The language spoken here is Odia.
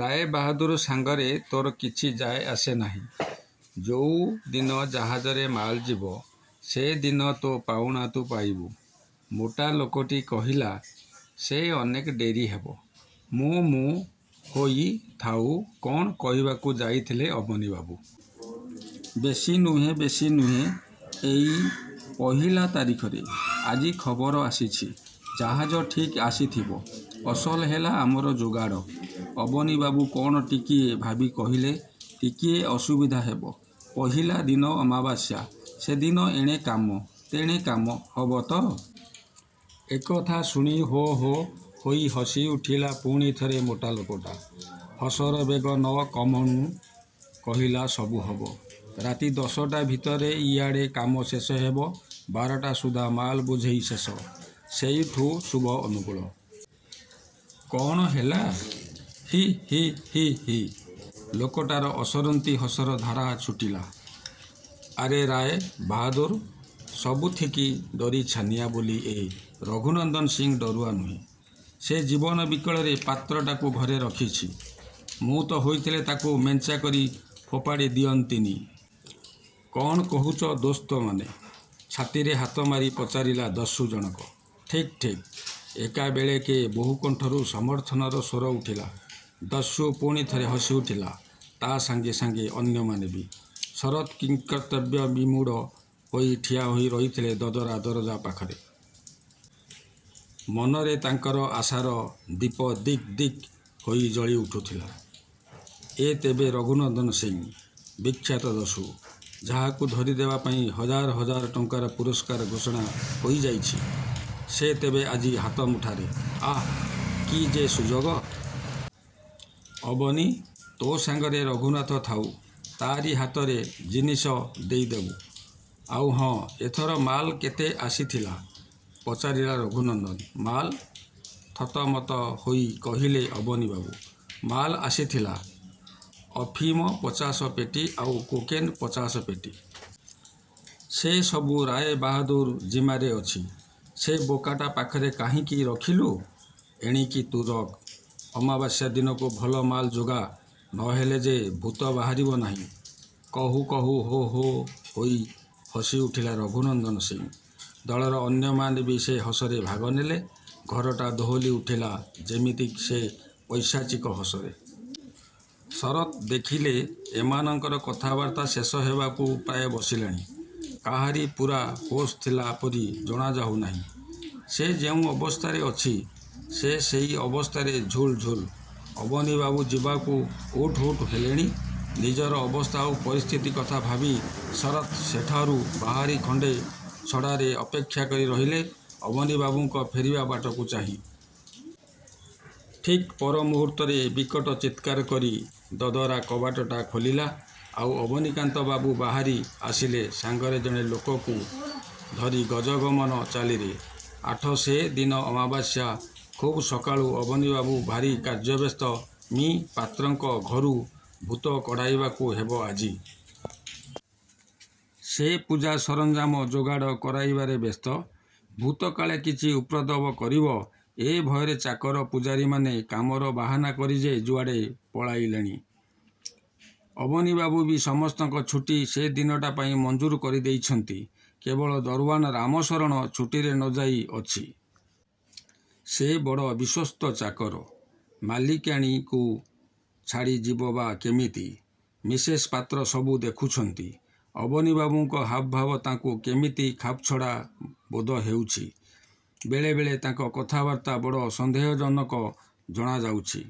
ରାୟବାହାଦୂର ସାଙ୍ଗରେ ତୋର କିଛି ଯାଏ ଆସେ ନାହିଁ। ଯୋଉ ଦିନ ଜାହାଜରେ ମାଲ ଯିବ, ସେ ଦିନ ତୋ ପାଉଣା ତୁ ପାଇବୁ। '' ମୋଟା ଲୋକଟି କହିଲା। ''ସେ ଅନେକ ଡେରି ହେବ ''। ମୁଁ-ମୁଁ ହୋଇ ଥାଉ କ'ଣ କହିବାକୁ ଯାଇଥିଲେ ଅବନୀବାବୁ। ''ବେଶୀ ନୁହେଁ, ବେଶୀ ନୁହେଁ; ଏଇ ପହିଲା ତାରିଖରେ। ଆଜି ଖବର ଆସିଛି। ଜାହାଜ ଠିକ୍ ଆସିଥିବ। ଅସଲ ହେଲା ଆମର ଯୋଗାଡ଼। '' ଅବନୀବାବୁ କ'ଣ ଟିକିଏ ଭାବି କହିଲେ-''ଟିକିଏ ଅସୁବିଧା ହେବ। ପହିଲା ଦିନ ଅମାବାସ୍ୟା। ସେ ଦିନ ଏଣେ କାମ, ତେଣେ କାମ; ହବ ତ? '' ଏ କଥା ଶୁଣି ହୋ' ହୋ' ହୋଇ ହସି ଉଠିଲା ପୁଣିଥରେ ମୋଟା ଲୋକଟା। ହସର ବେଗ ନ କମୁଣୁ କହିଲା-''ସବୁ ହବ। ରାତି ଦଶଟା ଭିତରେ ଇଆଡ଼େ କାମ ଶେଷ ହେବ; ବାରଟା ସୁଦ୍ଧା ମାଲ ବୋଝେଇ ଶେଷ। ସେଇଠୁ ଶୁଭ ଅନୁକୂଳ। କ'ଣ, ହେଲା? '' ହିଃ ହିଃ ହିଃ ହିଃ। ଲୋକଟାର ଅସରନ୍ତି ହସର ଧାରା ଛୁଟିଲା। ''ଆରେ ରାୟ ବାହାଦୂର ସବୁଥିକି ଡରି ଛାନିଆଁ ବୋଲି ଏ ରଘୁନନ୍ଦନ ସିଂ ଡରୁଆ ନୁହେଁ। ସେ ଜୀବନ ବିକଳରେ ପାତ୍ରଟାକୁ ଘରେ ରଖିଛି, ମୁଁ ତ ହୋଇଥିଲେ ତାକୁ ମେଞ୍ଚାକରି ଫୋପାଡ଼ି ଦିଅନ୍ତିନି। କ'ଣ କହୁଛ ଦୋସ୍ତମାନେ? '' ଛାତିରେ ହାତମାରି ପଚାରିଲା ଦସ୍ୟୁ ଜଣକ। ''ଠିକ୍, ଠିକ୍! '' ଏକାବେଳେକେ ବହୁ କଣ୍ଠରୁ ସମର୍ଥନର ସ୍ୱର ଉଠିଲା। ଦସ୍ୟୁ ପୁଣିଥରେ ହସି ଉଠିଲା। ତା' ସାଙ୍ଗେ ସାଙ୍ଗେ ଅନ୍ୟମାନେ ବି। ଶରତ୍ କିଂକର୍ତ୍ତବ୍ୟବିମୂଢ଼ ହୋଇ ଠିଆ ହୋଇ ରହିଥିଲେ ଦଦରା ଦରଜା ପାଖରେ। ମନରେ ତାଙ୍କର ଆଶାର ଦୀପ ଦିକ୍ ଦିକ୍ ହୋଇ ଜଳି ଉଠୁଥିଲା। ''ଏ ତେବେ ରଘୁନନ୍ଦନ ସିଂ! ବିଖ୍ୟାତ ଦସ୍ୟୁ? ଯାହାକୁ ଧରିଦେବା ପାଇଁ ହଜାର୍ ହଜାର୍ ଟଙ୍କାର ପୁରସ୍କାର ଘୋଷଣା ହୋଇଯାଇଛି; ସେ ତେବେ ଆଜି ହାତ ମୁଠାରେ? ଆଃ! କି ଯେ ସୁଯୋଗ। '' ''ଅବନୀ! ତୋ ସାଙ୍ଗରେ ରଘୁନାଥ ଥାଉ। ତା'ରି ହାତରେ ଜିନିଷ ଦେଇଦେବୁ। ଆଉ ହଁ; ଏଥର ମାଲ କେତେ ଆସିଥିଲା? '' ପଚାରିଲା ରଘୁନନ୍ଦନ। ''ମାଲ୍? '' ଥତମତ ହୋଇ କହିଲେ ଅବନୀବାବୁ।। ମାଲ ଆସିଥିଲା-ଅଫିମ ପଚାଶ ପେଟି ଆଉ କୋକେନ୍ ପଚାଶ ପେଟି। ସେ ସବୁ ରାୟବାହାଦୂର ଜିମାରେ ଅଛି। '' ''ସେ ବୋକାଟା ପାଖରେ କାହିଁକି ରଖିଲୁ? ଏଣିକି ତୁ ରଖ। ଅମାବାସ୍ୟାଦିନକୁ ଭଲ ମାଲ ଯୋଗା; ନହେଲେ ଯେ ଭୂତ ବାହାରିବ ନାହିଁ। '' କହୁ କହୁ ହୋ-ହୋ ହୋଇ ହସି ଉଠିଲା ରଘୁନନ୍ଦନ ସିଂ। ଦଳର ଅନ୍ୟମାନେ ବି ସେ ହସରେ ଭାଗ ନେଲେ, ଘରଟା ଦୋହଲି ଉଠିଲା ଯେମିତି ସେ ପୈଶାଚିକ ହସରେ। ଶରତ୍ ଦେଖିଲେ, ଏମାନଙ୍କର କଥାବାର୍ତ୍ତା ଶେଷ ହେବାକୁ ପ୍ରାୟ ବସିଲାଣି। କାହାରି ପୂରା ହୋସ୍ ଥିଲା ପରି ଜଣାଯାଉ ନାହିଁ। ସେ ଯେଉଁ ଅବସ୍ଥାରେ ଅଛି, ସେ ସେଇ ଅବସ୍ଥାରେ ଝୁଲ୍ ଝୁଲ୍। ଅବନୀବାବୁ ଯିବାକୁ ଉଠ୍ ଉଠ୍ ହେଲେଣି। ନିଜର ଅବସ୍ଥା ଆଉ ପରିସ୍ଥିତି କଥା ଭାବି ଶରତ୍ ସେଠାରୁ ବାହାରି ଖଣ୍ଡେ ଛଡ଼ାରେ ଅପେକ୍ଷା କରି ରହିଲେ, ଅବନୀବାବୁଙ୍କ ଫେରିବା ବାଟକୁ ଚାହିଁ। ଠିକ୍ ପର ମୁହୂର୍ତ୍ତରେ ବିକଟ ଚିତ୍କାର କରି ଦଦରା କବାଟଟା ଖୋଲିଲା, ଆଉ ଅବନୀକାନ୍ତ ବାବୁ ବାହାରି ଆସିଲେ ସାଙ୍ଗରେ ଜଣେ ଲୋକକୁ ଧରି ଗଜଗମନ ଚାଲିରେ। -ଆଠ- ସେ ଦିନ ଅମାବାସ୍ୟା। ଖୁବ୍ ସକାଳୁ ଅବନୀବାବୁ ଭାରି କାର୍ଯ୍ୟବ୍ୟସ୍ତ। ମି: ପାତ୍ରଙ୍କ ଘରୁ ଭୂତ କଢ଼ାଇବାକୁ ହେବ ଆଜି। ସେ ପୂଜା ସରଞ୍ଜାମ ଯୋଗାଡ଼ କରାଇବାରେ ବ୍ୟସ୍ତ। ଭୂତ କାଳେ କିଛି ଉପଦ୍ରବ କରିବ-ଏ ଭୟରେ ଚାକର, ପୁଝାରୀମାନେ କାମର ବାହାନା କରି ଯେ ଯୁଆଡ଼େ ପଳାଇଲେଣି। ଅବନୀବାବୁ ବି ସମସ୍ତଙ୍କ ଛୁଟି ସେ ଦିନଟା ପାଇଁ ମଞ୍ଜୁର କରି ଦେଇଛନ୍ତି। କେବଳ ଦରଓ୍ୱାନ୍ ରାମଶରଣ ଛୁଟିରେ ନ ଯାଇ ଅଛି। ସେ ବଡ଼ ବିଶ୍ୱସ୍ତ ଚାକର। ମାଲିକାଣୀଙ୍କୁ ଛାଡ଼ି ଯିବ ବା କେମିତି? ମିସେସ୍ ପାତ୍ର ସବୁ ଦେଖୁଛନ୍ତି। ଅବନୀବାବୁଙ୍କ ହାବ ଭାବ ତାଙ୍କୁ କେମିତି ଖାପଛଡ଼ା ବୋଧ ହେଉଛି। ବେଳେ ବେଳେ ତାଙ୍କ କଥାବାର୍ତ୍ତା ବଡ଼ ସନ୍ଦେହଜନକ ଜଣା ଯାଉଛି।